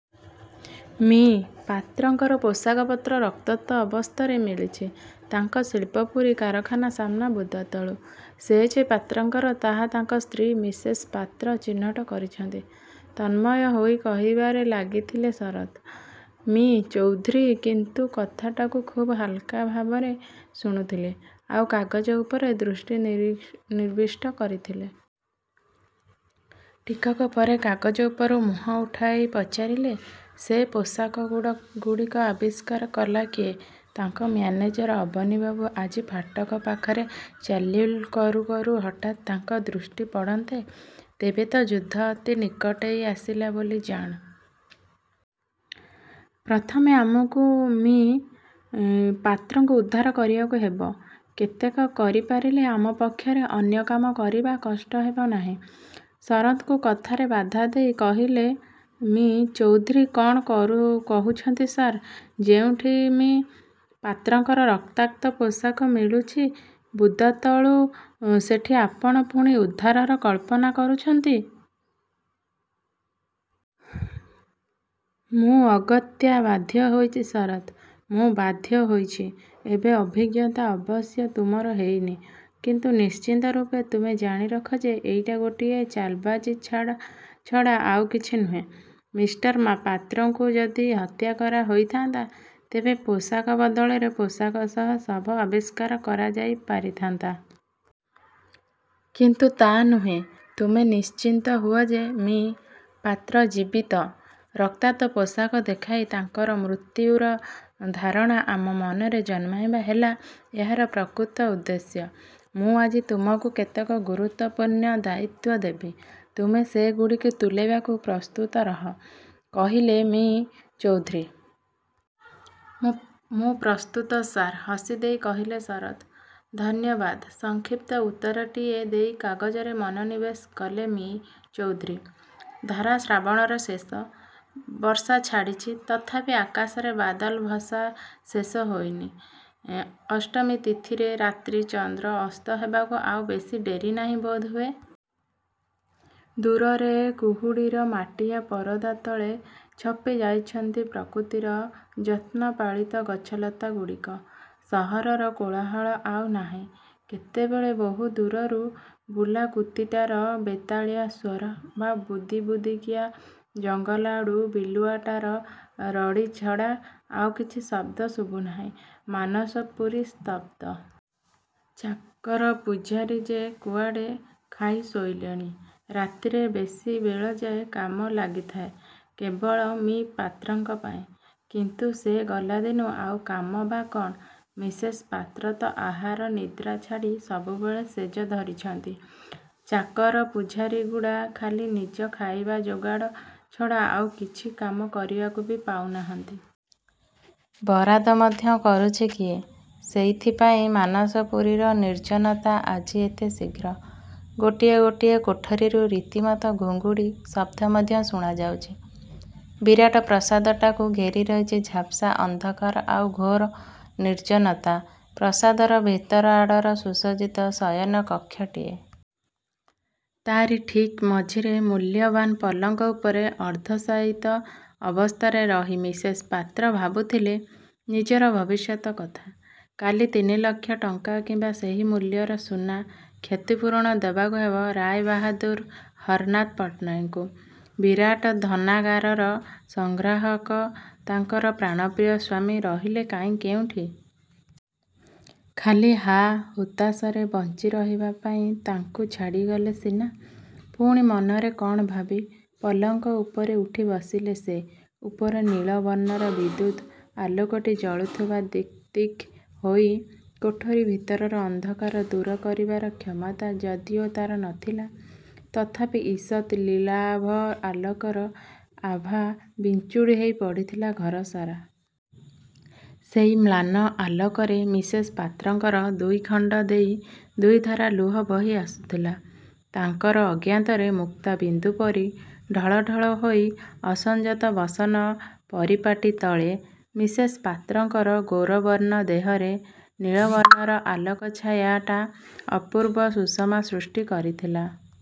ମି: ପାତ୍ରଙ୍କର ପୋଷାକ ପତ୍ର ରକ୍ତାକ୍ତ ଅବସ୍ଥାରେ ମିଳିଛି, ତାଙ୍କ ଶିଳ୍ପପୁରୀ କାରଖାନା ସାମ୍ନା ବୁଦାତଳୁ। ସେ ଯେ ପାତ୍ରଙ୍କର ତାହା ତାଙ୍କ ସ୍ତ୍ରୀ ମିସେସ୍ ପାତ୍ର ଚିହ୍ନଟ କରିଛନ୍ତି। '' ତନ୍ମୟ ହୋଇ କହିବାରେ ଲାଗିଥିଲେ ଶରତ୍। ମି: ଚୌଧୁରୀ କିନ୍ତୁ କଥାଟାକୁ ଖୁବ୍ ହାଲୁକା ଭାବରେ ଶୁଣୁଥିଲେ ଆଉ କାଗଜ ଉପରେ ଦୃଷ୍ଟି ନିବିଷ୍ଟ କରିଥିଲେ। ଟିକକ ପରେ କାଗଜ ଉପରୁ ମୁହଁ ଉଠାଇ ପଚାରିଲେ, ''ସେ ପୋଷାକଗୁଡ଼ିକ ଆବିଷ୍କାର କଲା କିଏ? '' ''ତାଙ୍କ ମ୍ୟାନେଜର ଅବନୀବାବୁ। ଆଜି ଫାଟକ ପାଖରେ ଚାଲ୍ବୁଲ୍ କରୁ କରୁ ହଠାତ୍ ତାଙ୍କ ଦୃଷ୍ଟିପଡ଼ନ୍ତେ। '' ''ତେବେ ତ ଯୁଦ୍ଧ ଅତି ନିକଟେଇ ଆସିଲା ବୋଲି ଜାଣ। ପ୍ରଥମେ ଆମକୁ ମି: ପାତ୍ରଙ୍କୁ ଉଦ୍ଧାର କରିବାକୁ ହେବ। ସେତକ କରି ପାରିଲେ ଆମ ପକ୍ଷରେ ଅନ୍ୟ କାମ କରିବା କଷ୍ଟ ହେବ ନାହିଁ। '' ଶରତ୍ଙ୍କ କଥାରେ ବାଧାଦେଇ କହିଲେ ମି: ଚୌଧୁରୀ। ''କ'ଣ କହୁଛନ୍ତି ସାର୍? ଯେଉଁଠି ମି: ପାତ୍ରଙ୍କର ରକ୍ତାକ୍ତ ପୋଷାକ ମିଳୁଛି ବୁଦାତଳୁ, ସେଠି ଆପଣ ପୁଣି ଉଦ୍ଧାରର କଳ୍ପନା କରୁଛନ୍ତି? ''ମୁଁ ଅଗତ୍ୟା ବାଧ୍ୟହୋଇଛି ଶରତ୍, ମୁଁ ବାଧ୍ୟହୋଇଛି। ଏବେ ଅଭିଜ୍ଞତା ଅବଶ୍ୟ ତୁମର ହେଇନି; କିନ୍ତୁ ନିଶ୍ଚିତ ରୂପେ ତୁମେ ଜାଣି ରଖ ଯେ, ଏଇଟା ଗୋଟାଏ ଚାଲବାଜି ଛଡ଼ା ଆଉ କିଛି ନୁହେଁ। ମିଷ୍ଟର ପାତ୍ରଙ୍କୁ ଯଦି ହତ୍ୟାକରା ହୋଇଥାନ୍ତା, ତେବେ ପୋଷାକ ବଦଳରେ ପୋଷାକ ସହ ଶବ ଆବିଷ୍କାର କରାଯାଇ ପାରିଥାନ୍ତା। କିନ୍ତୁ ତା' ନୁହେଁ। ତୁମେ ନିଶ୍ଚିତ ହୁଅ ଯେ-ମି: ପାତ୍ର ଜୀବିତ। ରକ୍ତାକ୍ତ ପୋଷାକ ଦେଖାଇ, ତାଙ୍କର ମୃତ୍ୟୁର ଧାରଣା ଆମ ମନରେ ଜନ୍ମାଇବା ହେଲା ଏହାର ପ୍ରକୃତ ଉଦ୍ଦେଶ୍ୟ। ମୁଁ ଆଜି ତୁମକୁ କେତେକ ଗୁରୁତ୍ୱପୂର୍ଣ୍ଣ ଦାୟିତ୍ୱ ଦେବି। ତୁମେ ସେ ଗୁଡ଼ିକୁ ତୁଲାଇବାକୁ ପ୍ରସ୍ତୁତ ରହ''-କହିଲେ ମି: ଚୌଧୁରୀ। ''ମୁଁ ପ୍ରସ୍ତୁତ ସାର୍! '' -ହସିଦେଇ କହିଲେ ଶରତ୍। ''ଧନ୍ୟବାଦ! '' -ସଂକ୍ଷିପ୍ତ ଉତ୍ତରଟିଏ ଦେଇ କାଗଜରେ ମନୋନିବେଶ କଲେ ମି: ଚୌଧୁରୀ। ଧାରା ଶ୍ରାବଣର ଶେଷ। ବର୍ଷା ଛାଡ଼ିଛି, ତଥାପି ଆକାଶରେ ବାଦଲ ଭସା ଶେଷ ହୋଇନି। ଅଷ୍ଟମୀ ତିଥିରେ ରାତ୍ରି; ଚନ୍ଦ୍ର ଅସ୍ତ ହେବାକୁ ଆଉ ବେଶୀ ଡେରି ନାହିଁ ବୋଧହୁଏ। ଦୂରରେ କୁହୁଡ଼ିର ମାଟିଆ ପରଦା ତଳେ ଛପି ଯାଇଛନ୍ତି ପ୍ରକୃତିର ଯତ୍ନପାଳିତ ଗଛଲତାଗୁଡ଼ିକ। ସହରର କୋଳାହଳ ଆଉ ନାହିଁ। କେତେବେଳେ ବହୁ ଦୂରରୁ ବୁଲା କୁତିଟାର ବେତାଳିଆ ସ୍ୱର ବା ବୁଦିବୁଦିକିଆ ଜଙ୍ଗଲଆଡ଼ୁ ବିଲୁଆଟାର ରଡ଼ି ଛଡ଼ା ଆଉ କିଛି ଶବ୍ଦ ଶୁଭୁ ନାହିଁ-। ମାନସପୁରୀ ସ୍ତବ୍ଧ। ଚାକର ପୁଝାରୀ ଯେ ଯୁଆଡ଼େ ଖାଇ ଶୋଇଲେଣି। ରାତିରେ ବେଶୀ ବେଳଯାଏ କାମ ଲାଗିଥାଏ କେବଳ ମି: ପାତ୍ରଙ୍କ ପାଇଁ। କିନ୍ତୁ ସେ ଗଲାଦିନୁ ଆଉ କାମ ବା କ'ଣ? ମିସେସ୍ ପାତ୍ର ତ ଆହାର ନିଦ୍ରା ଛାଡ଼ି ସବୁବେଳେ ଶେଯ ଧରିଛନ୍ତି। ଚାକର ପୁଝାରୀଗୁଡ଼ା ଖାଲି ନିଜର ଖାଇବା ଯୋଗାଡ଼ ଛଡ଼ା ଆଉ କିଛି କାମ କରିବାକୁ ବି ପାଉନାହାନ୍ତି। ବରାଦ ମଧ୍ୟ କରୁଛି କିଏ? ସେଇଥି ପାଇଁ ମାନସପୁରୀର ନିର୍ଜନତା ଆଜି ଏତେ ଶୀଘ୍ର। ଗୋଟାଏ ଗୋଟାଏ କୋଠରୀରୁ ରୀତିମତ ଘୁଙ୍ଗୁଡ଼ି ଶବ୍ଦ ମଧ୍ୟ ଶୁଣାଯାଉଛି। ବିରାଟ ପ୍ରାସାଦଟାକୁ ଘେରି ରହିଛି ଝାପ୍ସା ଅନ୍ଧକାର ଆଉ ଘୋର ନିର୍ଜନତା। ପ୍ରାସାଦର ଭିତର ଆଡ଼ର ସୁସଜ୍ଜିତ ଶୟନ କକ୍ଷଟିଏ। ତା'ରି ଠିକ୍ ମଝିରେ ମୂଲ୍ୟବାନ ପଲଙ୍କ ଉପରେ ଅର୍ଦ୍ଧଶାୟିତ ଅବସ୍ଥାରେ ରହି ମିସେସ୍ ପାତ୍ର ଭାବୁଥିଲେ ନିଜର ଭବିଷ୍ୟତ୍ କଥା-''କାଲି ତିନିଲକ୍ଷ ଟଙ୍କା କିମ୍ବା ସେହି ମୂଲ୍ୟର ସୁନା କ୍ଷତିପୂରଣ ଦେବାକୁ ହେବ ରାୟବାହାଦୂର ହରନାଥ ପଟ୍ଟନାୟକଙ୍କୁ। ବିରାଟ ଧନାଗାରର ସଂଗ୍ରାହକ ତାଙ୍କର ପ୍ରାଣପ୍ରିୟ ସ୍ୱାମୀ ରହିଲେ କାହିଁ କେଉଁଠି? ଖାଲି ହା-ହୁତାଶରେ ବଞ୍ଚିରହିବା ପାଇଁ ତାଙ୍କୁ ଛାଡ଼ିଗଲେ ସିନା! '' ପୁଣି ମନରେ କ'ଣ ଭାବି ପଲଙ୍କ ଉପରେ ଉଠି ବସିଲେ ସେ। ଉପରେ ନୀଳ ବର୍ଣ୍ଣର ବିଦ୍ୟୁତ୍ ଆଲୋକଟି ଜଳୁଥିଲା ଦିକ୍ ଦିକ୍ ହୋଇ। କୋଠରୀ ଭିତରର ଅନ୍ଧକାର ଦୂର କରିବାର କ୍ଷମତା ଯଦିଓ ତା'ର ନ ଥିଲା, ତଥାପି ଇଷତ୍ ନୀଳାଭ ଆଲୋକର ଆଭା ବିଞ୍ଚୁଡ଼ି ହୋଇ ପଡ଼ିଥିଲା ଘରସାରା। ସେଇ ମ୍ଳାନ ଆଲୋକରେ ମିସେସ୍ ପାତ୍ରଙ୍କର ଦୁଇଖଣ୍ଡ ଦେଇ ଦୁଇଧାର ଲୁହ ବହି ଆସୁଥିଲା ତାଙ୍କର ଅଜ୍ଞାତରେ, ମୁକ୍ତା ବିନ୍ଦୁପରି ଢଳ ଢଳ ହୋଇ। ଅସଂଯତ ବସନ ପରିପାଟି ତଳେ ମିସେସ୍ ପାତ୍ରଙ୍କର ଗୌରବର୍ଣ୍ଣ ଦେହରେ ନୀଳବର୍ଣ୍ଣର ଆଲୋକଛଟା ଅପୂର୍ବ ସୁଷମା ସୃଷ୍ଟି କରିଥିଲା।